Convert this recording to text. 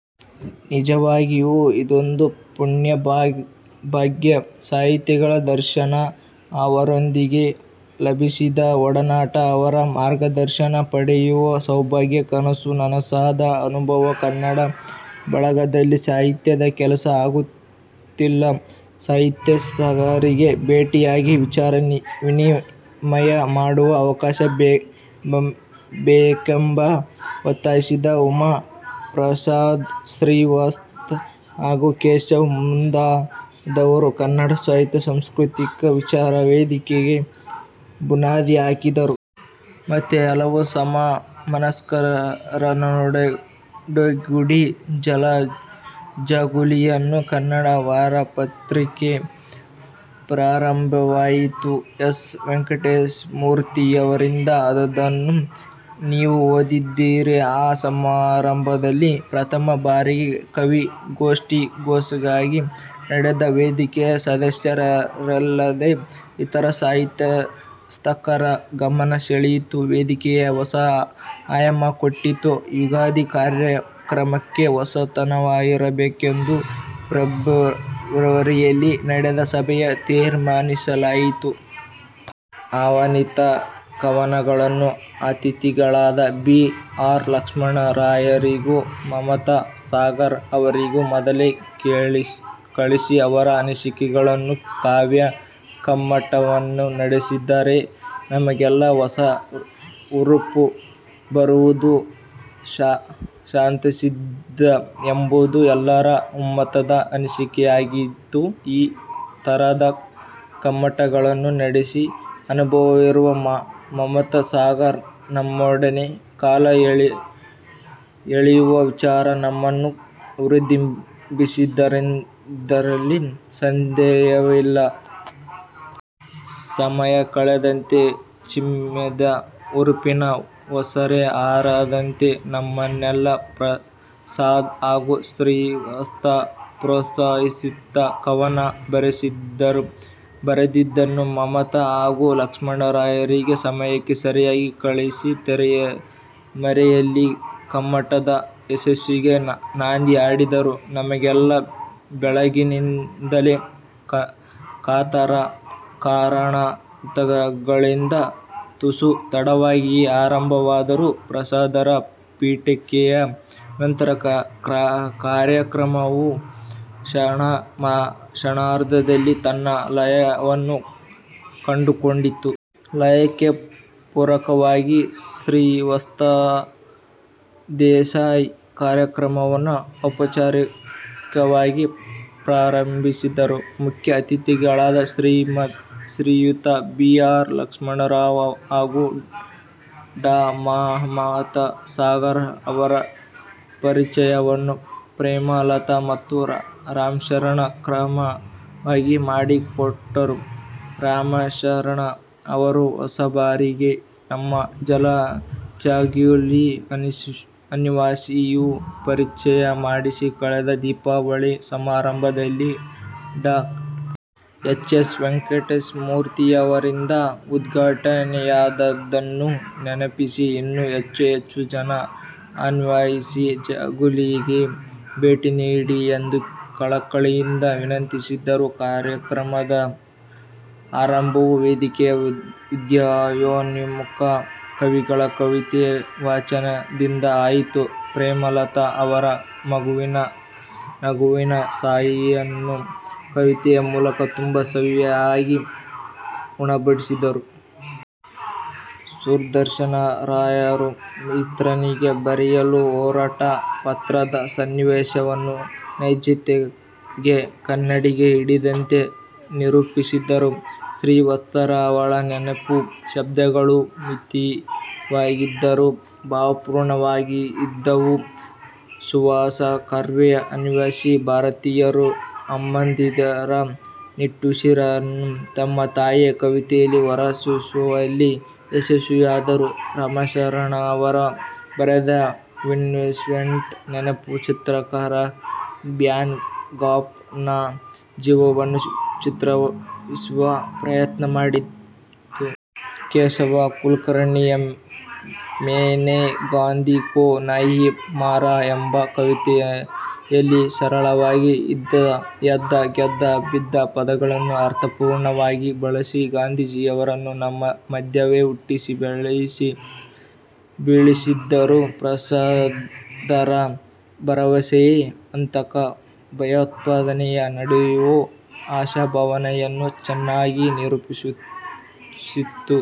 ನಿಜವಾಗಿಯೂ ಇದೊಂದು ಪುಣ್ಯ, ಭಾಗ್ಯ. ಸಾಹಿತಿಗಳ ದರ್ಶನ, ಅವರೊಂದಿಗೆ ಲಭಿಸಿದ ಒಡನಾಟ, ಅವರ ಮಾರ್ಗದರ್ಶನ ಪಡೆಯುವ ಸೌಭಾಗ್ಯ ಕನಸು ನನಸಾದ ಅನುಭವ. ಕನ್ನಡ ಬಳಗದಲ್ಲಿ ಸಾಹಿತ್ಯದ ಕೆಲಸ ಆಗುತ್ತಿಲ್ಲ, ಸಾಹಿತ್ಯಾಸಕ್ತರಿಗೆ ಭೇಟಿಯಾಗಿ, ವಿಚಾರ ವಿನಿಮಯ ಮಾಡುವ ಅವಕಾಶ ಬೇಕೆಂಬ ಒತ್ತಾಸೆಯಿಂದ ಉಮಾ, ಪ್ರಸಾದ್, ಶ್ರೀವತ್ಸ ಹಾಗೂ ಕೇಶವ್ ಮುಂದಾದರು; ಕನ್ನಡ ಸಾಹಿತ್ಯ, ಸಾಂಸ್ಕೃತಿಕ, ವಿಚಾರ ವೇದಿಕೆಗೆ ಬುನಾದಿ ಹಾಕಿದರು. ಮತ್ತೆ ಹಲವು ಸಮ ಮನಸ್ಕರನ್ನೊಡಗೂಡಿ ಜಾಲಜಗುಲಿಯಲ್ಲಿ ಕನ್ನಡ ವಾರಪತ್ರಿಕೆ ಪ್ರಾರಂಭವಾಯಿತು. ಎಸ್. ವೆಂಕಟೇಶಮೂರ್ತಿಯವರಿಂದ ಆದದ್ದನ್ನು ನೀವು ಓದಿದ್ದೀರ. ಆ ಸಮಾರಂಭದಲ್ಲಿ ಪ್ರಥಮ ಬಾರಿಗೆ ಕವಿ ಗೋಷ್ಠಿ ಸೊಗಸಾಗಿ ನಡೆದು, ವೇದಿಕೆಯ ಸದಸ್ಯರಲ್ಲದೇ, ಇತರ ಸಾಹಿತ್ಯಾಸಕ್ತರ ಗಮನ ಸೆಳೆಯಿತು; ವೇದಿಕೆಗೆ ಹೊಸ ಆಯಾಮ ಕೊಟ್ಟಿತು. ಯುಗಾದಿ ಕಾರ್ಯಕ್ರಮಕ್ಕೆ ಹೊಸತನವಿರಬೇಕೆಂದು ಫೆಬ್ರವರಿಯಲ್ಲಿ ನಡೆದ ಸಭೆಯಲ್ಲಿ ತೀರ್ಮಾನಿಸಲಾಯಿತು. ಆಹ್ವಾನಿತ ಕವನಗಳನ್ನು ಅತಿಥಿಗಳಾದ ಬಿ. ಆರ್. ಲಕ್ಷ್ಮಣರಾಯರಿಗೂ, ಮಮತಾ ಸಾಗರ್ ಅವರಿಗೂ ಮೊದಲೇ ಕಳಿಸಿ, ಅವರ ಅನಿಸಿಕೆಗಳನ್ನೂ, ಕಾವ್ಯ ಕಮ್ಮಟವನ್ನೂ ನಡೆಸಿದರೆ, ನಮಗೆಲ್ಲ ಹೊಸ ಹುರುಪು ಬರುವುದು ಶತಃಸಿದ್ಧ ಎಂಬುದು ಎಲ್ಲರ ಒಮ್ಮತದ ಅನಿಸಿಕೆಯಾಗಿತ್ತು. ಈ ತರಹದ ಕಮ್ಮಟಗಳನ್ನು ನಡೆಸಿ ಅನುಭವವಿರುವ ಮಮತಾ ಸಾಗರ್ ನಮ್ಮೊಡನೆ ಕಾಲ ಕಳೆಯುವ ವಿಚಾರ ನಮ್ಮನ್ನು ಹುರಿದುಂಬಿಸಿದ್ದರಲ್ಲಿ ಸಂದೇಹವಿಲ್ಲ. ಸಮಯ ಕಳೆದಂತೆ, ಚಿಮ್ಮಿದ ಹುರುಪಿನ ಒಸರೆ ಆರದಂತೆ ನಮ್ಮನ್ನೆಲ್ಲ ಪ್ರಸಾದ್ ಹಾಗೂ ಶ್ರೀವತ್ಸ ಪ್ರೋತ್ಸಾಹಿಸುತ್ತ ಕವನ ಬರೆಸಿದರು. ಬರೆದಿದ್ದನ್ನು ಮಮತಾ ಹಾಗೂ ಲಕ್ಷ್ಮಣರಾಯರಿಗೆ ಸಮಯಕ್ಕೆ ಸರಿಯಾಗಿ ಕಳಿಸಿ, ತೆರೆಮರೆಯಲ್ಲಿ ಕಮ್ಮಟದ ಯಶಸ್ಸಿಗೆ ನಾಂದಿ ಹಾಡಿದರು. ನಮಗೆಲ್ಲ ಬೆಳಗಿನಿಂದಲೇ ಕಾತರ. ಕಾರಣಾಂತರಗಳಿಂದ ತುಸು ತಡವಾಗಿಯೇ ಆರಂಭವಾದರೂ, ಪ್ರಸಾದರ ಪೀಠಿಕೆಯ ನಂತರ ಕಾರ್ಯಕ್ರಮವು ಕ್ಷಣಾರ್ಧದಲ್ಲಿ ತನ್ನ ಲಯವನ್ನು ಕಂಡುಕೊಂಡಿತು. ಲಯಕ್ಕೆ ಪೂರಕವಾಗಿ ಶ್ರೀವತ್ಸ ದೇಸಾಯಿ ಕಾರ್ಯಕ್ರಮವನ್ನು ಔಪಚಾರಿಕವಾಗಿ ಪ್ರಾರಂಭಿಸಿದರು. ಮುಖ್ಯ ಅತಿಥಿಗಳಾದ ಶ್ರೀಯುತ ಬಿ. ಆರ್. ಲಕ್ಷ್ಮಣರಾವ್ ಹಾಗೂ ಡಾ. ಮಮತಾ ಸಾಗರ ಅವರ ಪರಿಚಯವನ್ನು ಪ್ರೇಮಲತಾ ಮತ್ತು ರಾಮಶರಣ ಕ್ರಮವಾಗಿ ಮಾಡಿಕೊಟ್ಟರು. ರಾಮಶರಣ ಅವರು ಹೊಸಬರಿಗೆ ನಮ್ಮ ಜಾಲಜಗುಲಿ "ಅನಿವಾಸಿ"ಯ ಪರಿಚಯ ಮಾಡಿಸಿ ಕಳೆದ ದೀಪಾವಳಿ ಸಮಾರಂಭದಲ್ಲಿ ಡಾ. ಹೆಚ್ ಎಸ್ ವೆಂಕಟೇಶ ಮೂರ್ತಿಯವರಿಂದ ಉದ್ಘಾಟನೆಯಾದದ್ದನ್ನು ನೆನಪಿಸಿ, ಇನ್ನೂ ಹೆಚ್ಚು ಹೆಚ್ಚು ಜನ "ಅನಿವಾಸಿ" ಜಗುಲಿಗೆ ಭೇಟಿ ನೀಡಿ ಎಂದು ಕಳಕಳಿಯಿಂದ ವಿನಂತಿಸಿದರು. ಕಾರ್ಯಕ್ರಮದ ಆರಂಭವು ವೇದಿಕೆಯ ಉದಯೋನ್ಮುಖ ಕವಿಗಳ ಕವಿತೆ ವಾಚನದಿಂದ ಆಯಿತು. ಪ್ರೇಮಲತಾ ಅವರು ಮಗುವಿನ ನಗುವಿನ ಸಿಹಿಯನ್ನು ಕವಿತೆಯ ಮೂಲಕ ತುಂಬಾ ಸವಿಯಾಗಿ ಉಣಬಡಿಸಿದರು. ಸುದರ್ಶನರಾಯರು ಮಿತ್ರನಿಗೆ ಬರೆಯಲು ಹೊರಟ ಪತ್ರದ ಸನ್ನಿವೇಶವನ್ನು ನೈಜತೆಗೆ ಕನ್ನಡಿ ಹಿಡಿದಂತೆ ನಿರೂಪಿಸಿದರು. ಶ್ರೀವತ್ಸರ 'ಅವಳ ನೆನಪು', ಶಬ್ದಗಳು ಮಿತವಾಗಿದ್ದರೂ ಭಾವಪೂರ್ಣವಾಗಿದ್ದವು. ಸುಹಾಸ ಕರ್ವೆ ಅನಿವಾಸಿ ಭಾರತೀಯರ ಅಮ್ಮಂದಿರ ನಿಟ್ಟುಸಿರನ್ನು ತಮ್ಮ 'ತಾಯಿ' ಕವಿತೆಯಲ್ಲಿ ಹೊರಸೂಸುವಲ್ಲಿ ಯಶಸ್ವಿಯಾದರು. ರಾಮಶರಣ ಅವರು ಬರೆದ 'ವಿನ್ಸೆಂಟನ ನೆನಪು' ಚಿತ್ರಕಾರ ವ್ಯಾನ್ ಗಾಘ್ ನ ಜೀವನವನ್ನು ಚಿತ್ರಿಸುವ ಪ್ರಯತ್ನ ಮಾಡಿತು. ಕೇಶವ ಕುಲಕರ್ಣಿ 'ಮೈನೆ ಗಾಂಧಿ ಕೊ ನಹೀ ಮಾರಾ' ಎಂಬ ಕವಿತೆಯಲ್ಲಿ ಸರಳವಾಗಿ 'ಇದ್ದ, ಎದ್ದ, ಗೆದ್ದ, ಬಿದ್ದ' ಪದಗಳನ್ನು ಅರ್ಥಪೂರ್ಣವಾಗಿ ಬಳಸಿ, ಗಾಂಧೀಜಿಯವರನ್ನು ನಮ್ಮ ಮಧ್ಯವೇ ಹುಟ್ಟಿಸಿ, ಬೆಳೆಸಿ, ಬೀಳಿಸಿದರು. ಪ್ರಸಾದರ 'ಭರವಸೆ' – ಆತಂಕ, ಭಯೋತ್ಪಾದನೆ ನಡುವೆಯೂ ಆಶಾಭಾವನೆಯನ್ನು ಚೆನ್ನಾಗಿ ನಿರೂಪಿಸಿತು.